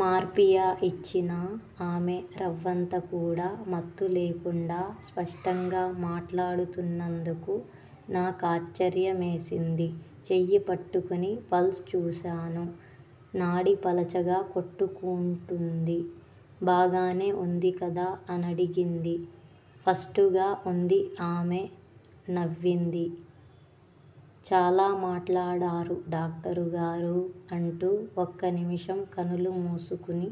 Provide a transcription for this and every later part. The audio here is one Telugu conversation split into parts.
మార్పియా ఇచ్చినా ఆమె రవ్వంతకూడా మత్తులేకుండా స్పష్టంగా మాట్లాడుతున్నందుకు నా కాశ్చర్యమేసింది. చెయ్యిపట్టుకుని పల్స్ చూశాను. నాడి పలచగా కొట్టుకూంటుంది. బాగానే వుంది కదా? అనడిగింది. ఫస్టుగా వుంది ఆమె నవ్వింది. చాలా మాట్లాడారు డాక్టరుగారూ! అంటూ, ఒక్క నిమిషం కనులు మూసుకుని,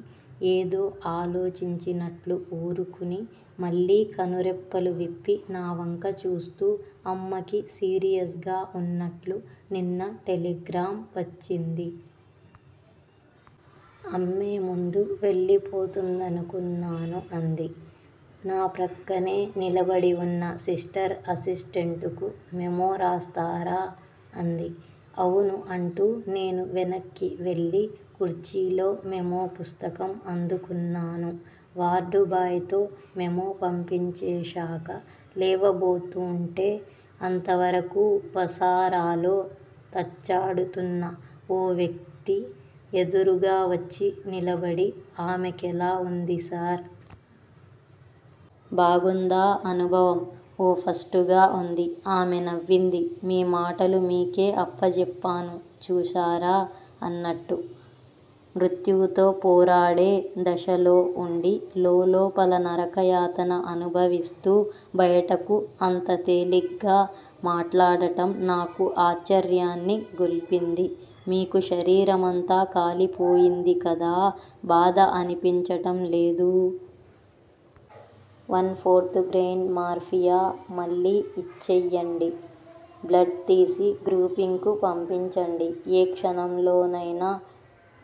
ఏదో ఆలోచించినట్లు వూరుకుని, మళ్ళీ కనురెప్పలు విప్పి నా వంక చూస్తూ, అమ్మకి సీరియస్ గా వున్నట్లు నిన్న టెలిగ్రాం వచ్చింది. అమ్మే ముందు వెళ్ళిపోతుందనుకున్నాను అంది. నా ప్రక్కనే నిలబడి వున్న సిస్టర్ అసిస్టెంటుకు మెమో రాస్తారా? అంది. అవును అంటూ నేను వెనక్కి వెళ్ళి కుర్చీలో మెమో పుస్తకం అందుకున్నాను. వార్డుబాయ్ తో మెమో పంపించేశాక, లేవబోతూంటే అంతవరకూ వసారాలో తచ్చాడుతున్న ఓ వ్యక్తి ఎదురుగా వచ్చి నిలబడి, 'ఆమె కెలా వుంది సార్? బాగుందా అనుభవం? ఓ! ఫస్టుగా వుంది! ఆమె నవ్వింది _ 'మీ మాటలు మీకే అప్పజెప్పాను చూశారా' అన్నట్టు. మృత్యువుతో పోరాడే దశలో వుండి, లోలోపల నరకయాతన అనుభవిస్తూ బయటకు అంత తేలిగ్గా మాట్లాడటం నాకు ఆశ్చర్యాన్ని గొల్పింది. మీకు శరీరమంతా కాలిపోయింది కదా! బాధ అనిపించటం లేదూ? వన్ ఫోర్త్ గ్రెయిన్ మార్ఫియా మళ్ళీ యిచ్చెయ్యండి. బ్లడ్ తీసి గ్రూపింగ్ కు పంపించండి. ఏ క్షణంలోనైనా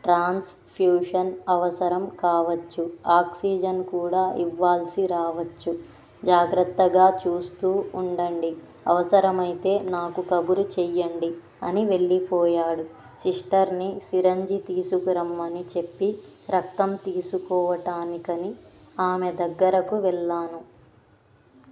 ట్రాన్స్ ఫ్యూషన్ అవసరం కావచ్చు. ఆక్సిజన్ కూడా యివ్వాల్సి రావచ్చు. జాగ్రత్తగా చూస్తూ వుండండి. అవసరమైతే నాకు కబురు చెయ్యండి అని వెళ్ళిపోయాడు. సిస్టర్ని సిరంజి తీసుకురమ్మని చెప్పి రక్తం తీసుకోవటానికని ఆమె దగ్గరకు వెళ్ళాను.